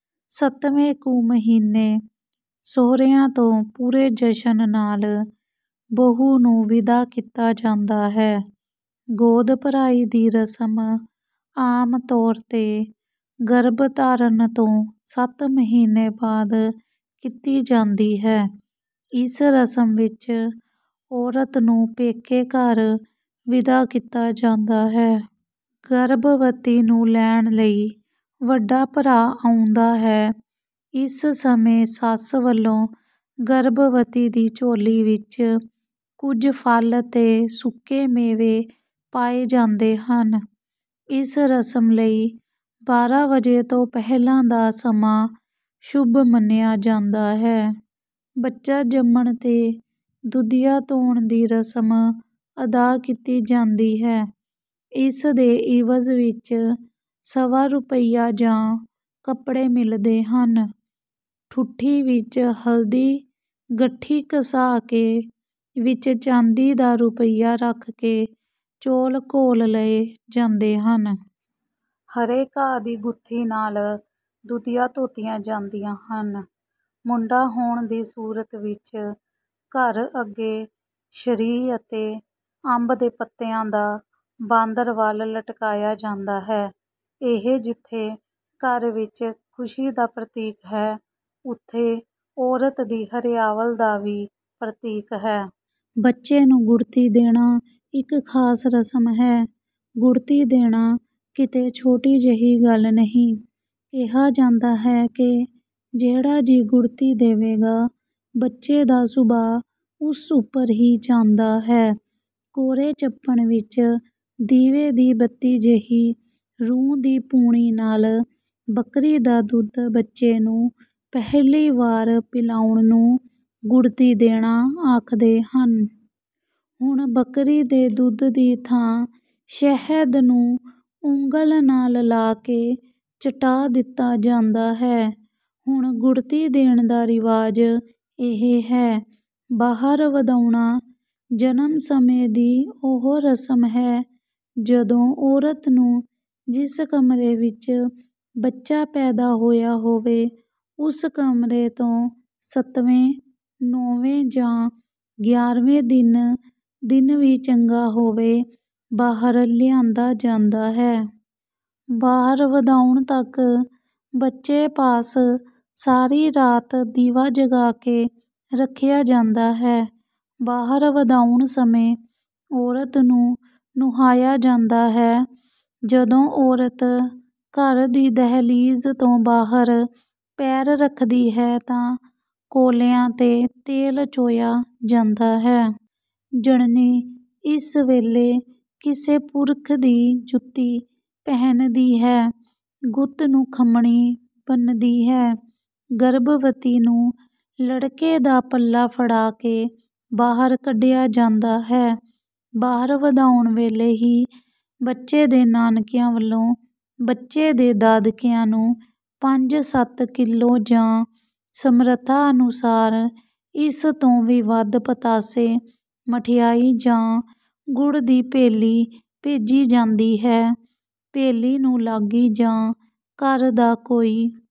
ਸੱਤਵੇਂ ਕੁ ਮਹੀਨੇ ਸਹੁਰਿਆਂ ਤੋਂ ਪੂਰੇ ਜਸ਼ਨ ਨਾਲ਼ ਬਹੂ ਨੂੰ ਵਿਦਾ ਕੀਤਾ ਜਾਂਦਾ ਹੈ। ਗੋਦ ਭਰਾਈ ਦੀ ਰਸਮ ਆਮ ਤੌਰ ਤੇ ਗਰਭਧਾਰਨ ਤੋਂ ਸੱਤ ਮਹੀਨੇ ਬਾਅਦ ਕੀਤੀ ਜਾਂਦੀ ਹੈ। ਇਸ ਰਸਮ ਵਿੱਚ ਔਰਤ ਨੂੰ ਪੇਕੇ ਘਰ ਵਿਦਾ ਕੀਤਾ ਜਾਂਦਾ ਹੈ। ਗਰਭਵਤੀ ਨੂੰ ਲੈਣ ਲਈ ਵੱਡਾ ਭਰਾ ਆਉਂਦਾ ਹੈ। ਇਸ ਸਮੇਂ ਸੱਸ ਵੱਲੋਂ ਗਰਭਵਤੀ ਦੀ ਝੋਲੀ ਵਿੱਚ ਕੁਝ ਫਲ ਤੇ ਸੁੱਕੇ ਮੇਵੇ ਪਾਏ ਜਾਂਦੇ ਹਨ। ਇਸ ਰਸਮ ਲਈ ਬਾਰਾਂ ਵਜੇ ਤੋਂ ਪਹਿਲਾਂ ਦਾ ਸਮਾਂ ਸ਼ੁਭ ਮੰਨਿਆ ਜਾਂਦਾ ਹੈ। ਬੱਚਾ ਜੰਮਣ ਤੇ ਦੁਧੀਆਂ ਧੋਣ ਦੀ ਰਸਮ ਅਦਾ ਕੀਤੀ ਜਾਂਦੀ ਹੈ। ਇਸ ਦੇ ਇਵਜ਼ ਵਿੱਚ ਸਵਾ ਰੁਪਈਆ ਜਾਂ ਕੱਪੜੇ ਮਿਲਦੇ ਹਨ। ਠੂਠੀ ਵਿੱਚ ਹਲਦੀ ਗੱਠੀ ਘਸਾ ਕੇ ਵਿੱਚ ਚਾਂਦੀ ਦਾ ਰੁਪਈਆ ਰੱਖ ਕੇ ਚੌਲ਼ ਘੋਲ਼ ਲਏ ਜਾਂਦੇ ਹਨ। ਹਰੇ ਘਾਹ ਦੀ ਗੁੱਥੀ ਨਾਲ਼ ਦੁਧੀਆਂ ਧੋਤੀਆਂ ਜਾਂਦੀਆਂ ਹਨ। ਮੁੰਡਾ ਹੋਣ ਦੀ ਸੂਰਤ ਵਿੱਚ ਘਰ ਅੱਗੇ ਸ਼ਰੀਂਹ ਅਤੇ ਅੰਬ ਦੇ ਪੱਤਿਆਂ ਦਾ ਬਾਂਦਰਵਾਲ ਲਟਕਾਇਆ ਜਾਂਦਾ ਹੈ। ਇਹ ਜਿੱਥੇ ਘਰ ਵਿੱਚ ਖੁਸ਼ੀ ਦਾ ਪ੍ਰਤੀਕ ਹੈ ਉੱਥੇ ਔਰਤ ਦੀ ਹਰਿਆਵਲ ਦਾ ਵੀ ਪ੍ਰਤੀਕ ਹੈ। ਬੱਚੇ ਨੂੰ ਗੁੜ੍ਹਤੀ ਦੇਣਾ ਇੱਕ ਖਾਸ ਰਸਮ ਹੈ। ਗੁੜ੍ਹਤੀ ਦੇਣਾ ਕਿਤੇ ਛੋਟੀ ਜਿਹੀ ਗੱਲ ਨਹੀਂ। ਕਿਹਾ ਜਾਂਦਾ ਹੈ ਕਿ ਜਿਹੜਾ ਜੀਅ ਗੁੜ੍ਹਤੀ ਦੇਵੇਗਾ ਬੱਚੇ ਦਾ ਸੁਭਾਅ ਉਸ ਉੱਪਰ ਹੀ ਜਾਂਦਾ ਹੈ। ਕੋਰੇ ਚੱਪਣ ਵਿੱਚ ਦੀਵੇ ਦੀ ਬੱਤੀ ਜਿਹੀ ਰੂੰ ਦੀ ਪੂਣੀ ਨਾਲ਼ ਬੱਕਰੀ ਦਾ ਦੁੱਧ ਬੱਚੇ ਨੂੰ ਪਹਿਲੀ ਵਾਰ ਪਿਲਾਉਣ ਨੂੰ ਗੁੜ੍ਹਤੀ ਦੇਣਾ ਆਖਦੇ ਹਨ। ਹੁਣ ਬੱਕਰੀ ਦੇ ਦੁੱਧ ਦੀ ਥਾਂ ਸ਼ਹਿਦ ਨੂੰ ਉਂਗਲ ਨਾਲ਼ ਲਾ ਕੇ ਚਟਾ ਦਿੱਤਾ ਜਾਂਦਾ ਹੈ। ਹੁਣ ਗੁੜ੍ਹਤੀ ਦੇਣ ਦਾ ਰਿਵਾਜ ਇਹ ਹੈ। ਬਾਹਰ ਵਧਾਉਣਾ ਜਨਮ ਸਮੇਂ ਦੀ ਉਹ ਰਸਮ ਹੈ ਜਦੋਂ ਔਰਤ ਨੂੰ ਜਿਸ ਕਮਰੇ ਵਿੱਚ ਬੱਚਾ ਪੈਦਾ ਹੋਇਆ ਹੋਵੇ ਉਸ ਕਮਰੇ ਤੋਂ ਸੱਤਵੇਂ ਨੌਵੇਂ ਜਾਂ ਗਿਆਰ੍ਹਵੇਂ ਦਿਨ ਦਿਨ ਵੀ ਚੰਗਾ ਹੋਵੇ ਬਾਹਰ ਲਿਆਂਦਾ ਜਾਂਦਾ ਹੈ। ਬਾਹਰ ਵਧਾਉਣ ਤੱਕ ਬੱਚੇ ਪਾਸ ਸਾਰੀ ਰਾਤ ਦੀਵਾ ਜਗਾ ਕੇ ਰੱਖਿਆ ਜਾਂਦਾ ਹੈ। ਬਾਹਰ ਵਧਾਉਣ ਸਮੇਂ ਔਰਤ ਨੂੰ ਨੁਹਾਇਆ ਜਾਂਦਾ ਹੈ। ਜਦੋਂ ਔਰਤ ਘਰ ਦੀ ਦਹਿਲੀਜ਼ ਤੋਂ ਬਾਹਰ ਪੈਰ ਰੱਖਦੀ ਹੈ ਤਾਂ ਕੌਲਿਆਂ ਤੇ ਤੇਲ ਚੋਇਆ ਜਾਂਦਾ ਹੈ। ਜਣਨੀ ਇਸ ਵੇਲੇ ਕਿਸੇ ਪੁਰਖ ਦੀ ਜੁੱਤੀ ਪਹਿਨਦੀ ਹੈ ਗੁੱਤ ਨੂੰ ਖੰਮ੍ਹਣੀ ਬੰਨ੍ਹਦੀ ਹੈ। ਗਰਭਵਤੀ ਨੂੰ ਲੜਕੇ ਦਾ ਪੱਲਾ ਫੜਾ ਕੇ ਬਾਹਰ ਕੱਢਿਆ ਜਾਂਦਾ ਹੈ। ਬਾਹਰ ਵਧਾਉਣ ਵੇਲੇ ਹੀ ਬੱਚੇ ਦੇ ਨਾਨਕਿਆਂ ਵੱਲੋਂ ਬੱਚੇ ਦੇ ਦਾਦਕਿਆਂ ਨੂੰ ਪੰਜ ਸੱਤ ਕਿੱਲੋ ਜਾਂ ਸਮਰੱਥਾ ਅਨੁਸਾਰ ਇਸ ਤੋਂ ਵੀ ਵੱਧ ਪਤਾਸੇ ਮਠਿਆਈ ਜਾਂ ਗੁੜ ਦੀ ਭੇਲੀ ਭੇਜੀ ਜਾਂਦੀ ਹੈ। ਭੇਲੀ ਨੂੰ ਲਾਗੀ ਜਾਂ ਘਰ ਦਾ ਕੋਈ